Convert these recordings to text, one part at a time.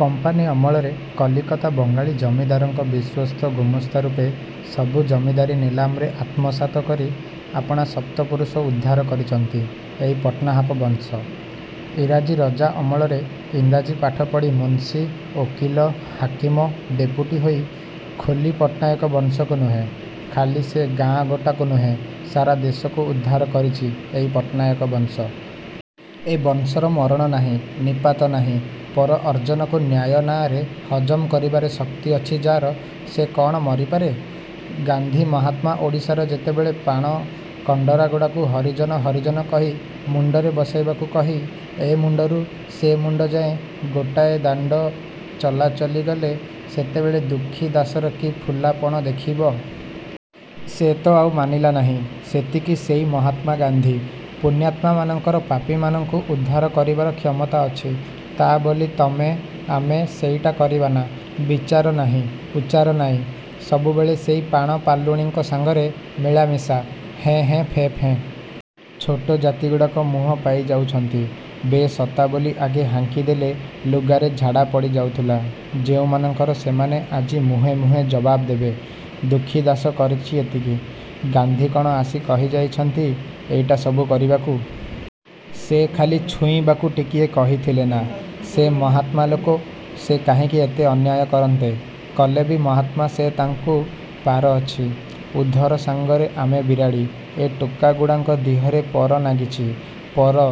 Company ଅମଳରେ କଲିକତା ବଙ୍ଗାଳୀ ଜମିଦାରଙ୍କ ବିଶ୍ୱସ୍ତ ଗୁମାସ୍ତାରୂପେ ସବୁ ଜମିଦାରୀ ନିଲାମରେ ଆତ୍ମସାତ କରି ଆପଣା ସପ୍ତ ପୁରୁଷ ଉଦ୍ଧାର କରିଚନ୍ତି ଏଇ ପଟ୍ଟନାହାକ ବଂଶ। ଇଂରାଜୀ ରଜା ଅମଳରେ ଇଂରାଜୀ ପାଠ ପଢ଼ି ମୁନ୍ସି, ଓକିଲ, ହାକିମ ଡେପୁଟି ହେଇ, ଖୋଲି ପଟ୍ଟନାୟକ ବଂଶକୁ ନୁହେଁ, ଖାଲି ସେ ଗାଁ ଗୋଟାକୁ ନୁହେଁ, ସାରା ଦେଶକୁ ଉଦ୍ଧାର କରିଚି ଏଇ ପଟ୍ଟନାୟକ ବଂଶ। ଏ ବଂଶର ମରଣ ନାହିଁ, ନିପାତ ନାହିଁ, ପର ଅର୍ଜନକୁ ନ୍ୟାୟ ନାଆଁରେ ହଜମ କରିବାରେ ଶକ୍ତି ଅଛି ଯା'ର, ସେ କ'ଣ ମରିପାରେ? ଗାନ୍ଧି ମାହାତ୍ମା ଓଡ଼ିଶାରେ ଯେତେବେଳେ ପାଣ କଣ୍ତରାଗୁଡ଼ାଙ୍କୁ ହରିଜନ ହରିଜନ କହି ମୁଣ୍ଡରେ ବସାଇବାକୁ କହି ଏ ମୁଣ୍ଡରୁ ସେ ମୁଣ୍ଡ ଯାଏଁ ଗୋଟାଏ ଦାଣ୍ଡ ଚଲା ଚାଲି ଗଲେ, ସେତେବେଳେ ଦୁଃଖୀ ଦାଶର କି ଫୁଲାପଣ ଦେଖିବ! ସେ ତ ଆଉ ମାନିଲା ନାହିଁ। ସେତିକି ସେଇ ମହାତ୍ମା ଗାନ୍ଧି। ପୁଣ୍ୟାତ୍ମାମାନଙ୍କର ପାପୀମାନଙ୍କୁ ଉଦ୍ଧାର କରିବାର କ୍ଷମତା ଅଛି, ତା' ବୋଲି ତମେ ଆମେ ସେଇଟା କରିବାନା। ବିଚାର ନାହିଁ, ଉଚାର ନାହିଁ, ସବୁବେଳେ ସେଇ ପାଣ ପାଲୁଣୀଙ୍କ ସାଙ୍ଗରେ ମିଳାମିଶା, ହେଁ, ହେଁ, ଫେଁ, ଫେଁ। ଛୋଟ ଜାତିଗୁଡ଼ାକ ମୁହଁ ପାଇ ଯାଉଛନ୍ତି। 'ବେ ଶତା' ବୋଲି ଆଗେ ହାଙ୍କି ଦେଲେ ଲୁଗାରେ ଝାଡ଼ା ପଡ଼ି ଯାଉଥିଲା ଯେଉଁମାନଙ୍କର, ସେମାନେ ଆଜି ମୁହେଁ ମୁହେଁ ଜବାବ ଦେବେ। ଦୁଃଖୀ ଦାଶ କରିଛି ଏତିକି। ଗାନ୍ଧି କ'ଣ ଆସି କହି ଯାଇଛନ୍ତି ଏଇଟା ସବୁ କରିବାକୁ। ସେ ଖାଲି ଛୁଇଁବାକୁ ଟିକିଏ କହିଥିଲେନା। ସେ ମହାତ୍ମା ଲୋକ, ସେ କାହିଁକି ଏତେ ଅନ୍ୟାୟ କରନ୍ତେ! କଲେବି ମହାତ୍ମା ସେ ତାଙ୍କୁ ପାର ଅଛି। ଉଧର ସାଙ୍ଗରେ ଆମେ ବିରାଡ଼ି! ଏ ଟୋକାଗୁଡ଼ାଙ୍କ ଦିହରେ ପର ନାଗିଚି, ପର,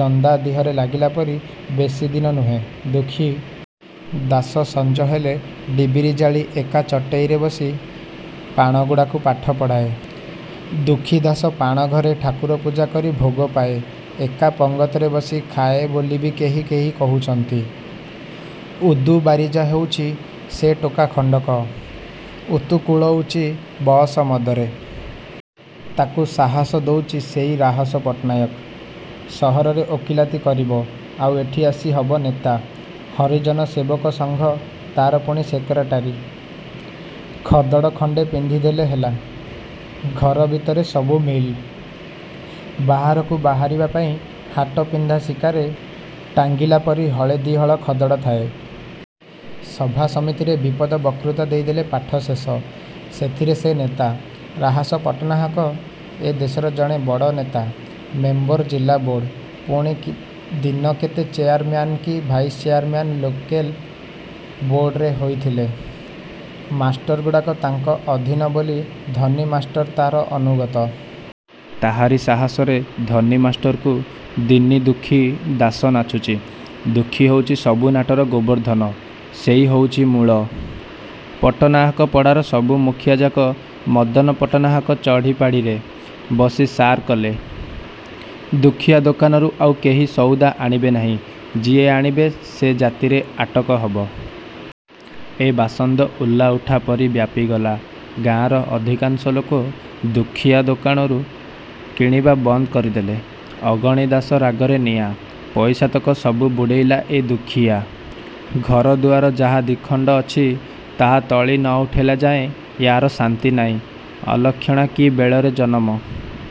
ଜନ୍ଦା ଦିହରେ ଲାଗିଲା ପରି, ବେଶି ଦିନ ନୁହେଁ। ଦୁଃଖୀ ଦାଶ ସଞ୍ଜ ହେଲେ ଡିବିରି ଜାଳି ଏକା ଚଟେଇରେ ବସି ପାଣଗୁଡ଼ାଙ୍କୁ ପାଠ ପଢ଼ାଏ। ଦୁଃଖୀ ଦାଶ ପାଣ ଘରେ ଠାକୁର ପୂଜା କରି ଭୋଗ ପାଏ, ଏକା ପଙ୍ଗତରେ ବସି ଖାଏ ବୋଲିବି କେହି କେହି କହୁଛନ୍ତି। ଉଦୁବାରିଜା ହଉଚି ସେ ଟୋକା ଖଣ୍ଡକ, ଉତୁକୁଳଉଚି ବଅସ ମଦରେ। ତାକୁ ସାହସ ଦଉଚି ସେଇ ରାହସ ପଟ୍ଟନାୟକ। ସହରରେ ଓକିଲାତି କରିବ। ଆଉ ଏଠି ଆସି ହବ ନେତା। ହରିଜନ ସେବକ ସଂଘ, ତା'ର ପୁଣି ସେକେରେଟାରୀ। ଖଦଡ଼ ଖଣ୍ଡେ ପିନ୍ଧିଦେଲେ ହେଲା। ଘର ଭିତରେ ସବୁ ମିଲ୍। ବାହାରକୁ ବାହାରିବା ପାଇଁ ହାଟ ପିନ୍ଧା ଶିକାରେ ଟାଙ୍ଗିଲା ପରି ହଳେ ଦି'ହଳ ଖଦଡ଼ ଥାଏ। ସଭା ସମିତିରେ ବିପଦ ବକ୍ତୃତା ଦେଇଦେଲେ ପାଠ ଶେଷ। ସେଥିରେ ସେ ନେତା। ରାହସ ପଟ୍ଟନାହକ ଏ ଦେଶରେ ଜଣେ ବଡ଼ ନେତା। ମେମ୍ବର ଜିଲାବୋର୍ଡ଼, ପୁଣି ଦିନ କେତେ ଚେଆରମ୍ୟାନ କି ଭାଇସଚେଆରମ୍ୟାନ ଲୋକେଲ ବୋର୍ଡ଼ରେ ହୋଇଥିଲେ। ମାଷ୍ଟରଗୁଡ଼ାଙ୍କ ତାଙ୍କ ଅଧୀନ ବୋଲି ଧନୀ ମାଷ୍ଟର ତା'ର ଅନୁଗତ। ତାହାରି ସାହସରେ ଧନୀ ମାଷ୍ଟରକୁ ଦିନି ଦୁଃଖୀ ଦାଶ ନାଚୁଛି। ଦୁଃଖୀ ହଉଚି ସବୁ ନାଟର ଗୋବର୍ଦ୍ଧନ। ସେଇ ହଉଚି ମୂଳ। ପଟ୍ଟନାହାକ ପଡ଼ାର ସବୁ ମୁଖିଆଯାକ ମଦନ ପଟ୍ଟନାହାକ ଚଢ଼ୀପାଢ଼ିରେ ବସି ସାର୍ କଲେ, ଦୁଃଖୀଆ ଦୋକାନରୁ ଆଉ କେହି ସଉଦା ଆଣିବେ ନାହିଁ। ଯିଏ ଆଣିବେ ସେ ଜାତିରେ ଆଟକ ହବ। ଏ ବାସନ୍ଦ ଉଲାଉଠା ପରି ବ୍ୟାପିଗଲା। ଗାଁର ଅଧିକାଂଶ ଲୋକ ଦୁଃଖୀଆ ଦୋକାନରୁ କିଣିବା ବନ୍ଦ କରିଦେଲେ। ଅଗଣି ଦାଶ ରାଗରେ ନିଆଁ। ପଇସାତକ ସବୁ ବୁଡ଼େଇଲା ଏ ଦୁଃଖୀଆ। ଘରଦୁଆର ଯାହା ଦିଖଣ୍ଡ ଅଛି ତା' ତଳି ନ ଉଠେଇଲା ଯାଏଁ ୟାର ଶାନ୍ତି ନାହିଁ। ଅଲକ୍ଷଣା କି ବେଳରେ ଜନମ।